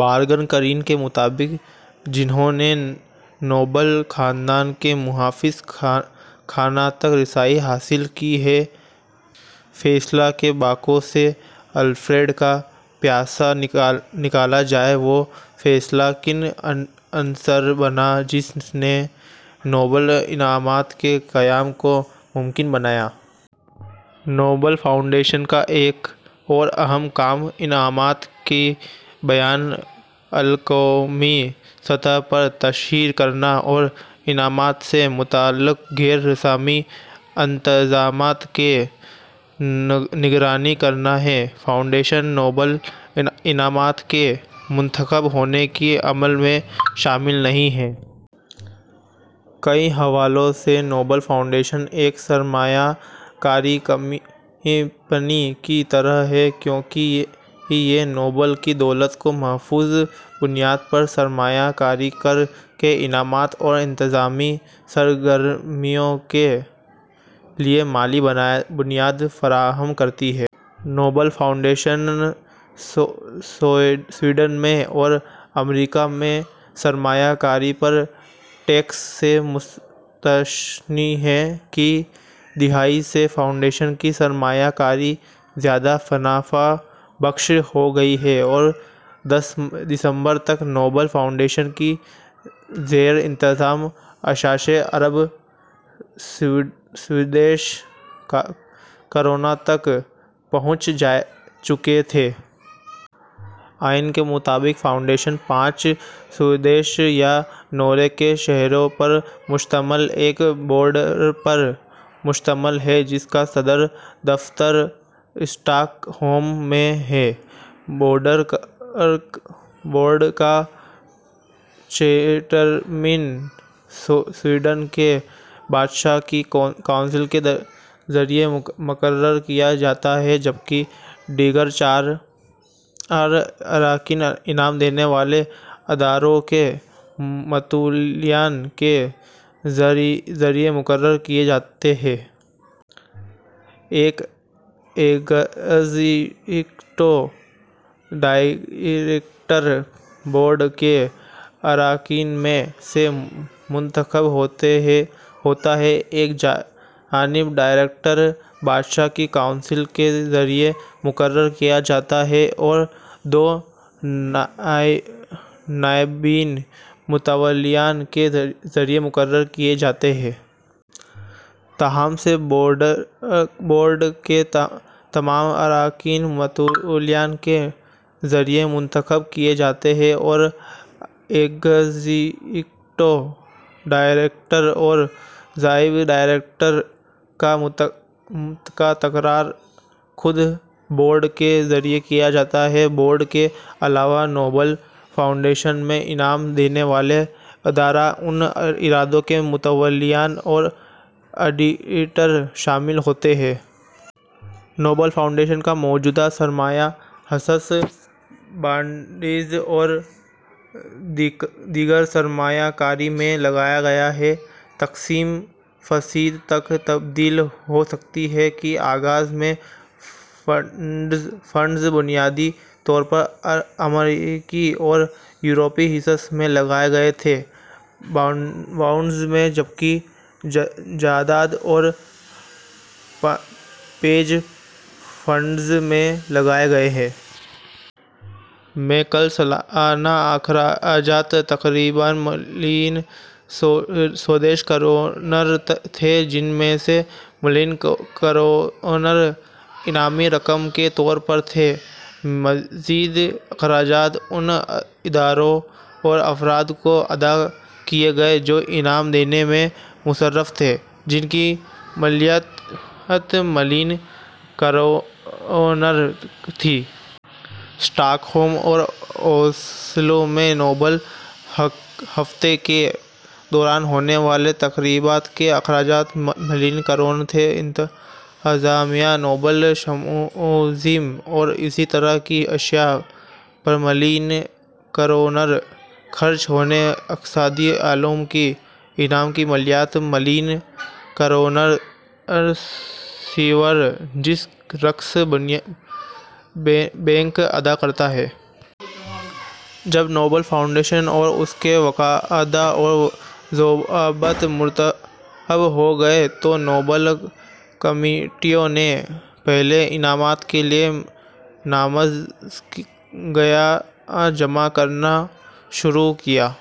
بارگن گرین کے مطابق، جنھوں نے نوبل خاندان کے محافظ خانہ تک رسائی حاصل کی، یہی "فیصلہ کہ باکو سے الفریڈ کا پیسہ نکالا جائے" وہ فیصلہ کن عنصر بنا جس نے نوبل انعامات کے قیام کو ممکن بنایا۔ نوبل فاؤنڈیشن کا ایک اور اہم کام انعامات کی بین الاقوامی سطح پر تشہیر کرنا اور انعامات سے متعلق غیر رسمی انتظامات کی نگرانی کرنا ہے۔ فاؤنڈیشن نوبل انعامات کے منتخب ہونے کے عمل میں شامل نہیں ہے۔ کئی حوالوں سے نوبل فاؤنڈیشن ایک سرمایہ کاری کمپنی کی طرح ہے، کیونکہ یہ نوبل کی دولت کو محفوظ بنیاد پر سرمایہ کاری کر کے انعامات اور انتظامی سرگرمیوں کے لیے مالی بنیاد فراہم کرتی ہے۔ نوبل فاؤنڈیشن سویڈن میں اور امریکا میں سرمایہ کاری پر ٹیکس سے مستثنیٰ ہے ۔ کی دہائی سے فاؤنڈیشن کی سرمایہ کاری زیادہ منافع بخش ہو گئی ہے اور دسمبر تک، نوبل فاؤنڈیشن کے زیر انتظام اثاثے ارب سویڈش کرونا تک پہنچ چکے تھے۔ آئین کے مطابق، فاؤنڈیشن پانچ سویڈش یا ناروے کے شہریوں پر مشتمل ایک بورڈ پر مشتمل ہے، جس کا صدر دفتر اسٹاک ہوم میں ہے۔ بورڈ کا چیئرمین سویڈن کے بادشاہ کی کونسل کے ذریعے مقرر کیا جاتا ہے، جبکہ دیگر چار اراکین انعام دینے والے اداروں کے متولیان کے ذریعے مقرر کیے جاتے ہیں۔ ایک ایگزیکٹو ڈائریکٹر بورڈ کے اراکین میں سے منتخب ہوتا ہے، ایک نائب ڈائریکٹر بادشاہ کی کونسل کے ذریعے مقرر کیا جاتا ہے اور دو نائبین متولیان کے ذریعے مقرر کیے جاتے ہیں۔ تاہم، سے بورڈ کے تمام اراکین متولیان کے ذریعے منتخب کیے جاتے ہیں اور ایگزیکٹو ڈائریکٹر اور نائب ڈائریکٹر کا تقرر خود بورڈ کے ذریعے کیا جاتا ہے۔ بورڈ کے علاوہ، نوبل فاؤنڈیشن میں انعام دینے والے ادارے ، ان اداروں کے متولیان اور آڈیٹر شامل ہوتے ہیں۔ نوبل فاؤنڈیشن کا موجودہ سرمایہ حصص، بانڈز اور دیگر سرمایہ کاری میں لگایا گیا ہے۔ تقسیم فیصد تک تبدیل ہو سکتی ہے۔ کے آغاز میں، فنڈز بنیادی طور پر امریکی اور یورپی حصص میں لگائے گئے تھے، بانڈز میں، جبکہ جائداد اور ہیج فنڈز میں لگائے گئے۔ میں، کل سالانہ اخراجات تقریباً ملین سویڈش کرونر تھے، جن میں سے ملین کرونر انعامی رقم کے طور پر تھے۔ مزید اخراجات ان اداروں اور افراد کو ادا کیے گئے جو انعام دینے میں مصروف تھے، جن کی مالیت ملین کرونر تھی۔ سٹاک ہوم اور اوسلو میں نوبل ہفتے کے دوران ہونے والے تقریبات کے اخراجات ملین کرونر تھے۔ انتظامیہ، نوبل سمپوزیم اور اسی طرح کی اشیاء پر ملین کرونر خرچ ہوئے۔ اقتصادی علوم کے انعام کی مالیت million kronor Sveriges Riksbank ادا کرتا ہے۔ ۔ جب نوبل فاؤنڈیشن اور اس کے قواعد و ضوابط مرتب ہو گئے، تو نوبل کمیٹیوں نے پہلے انعامات کے لیے نامزدگیاں جمع کرنا شروع کیں۔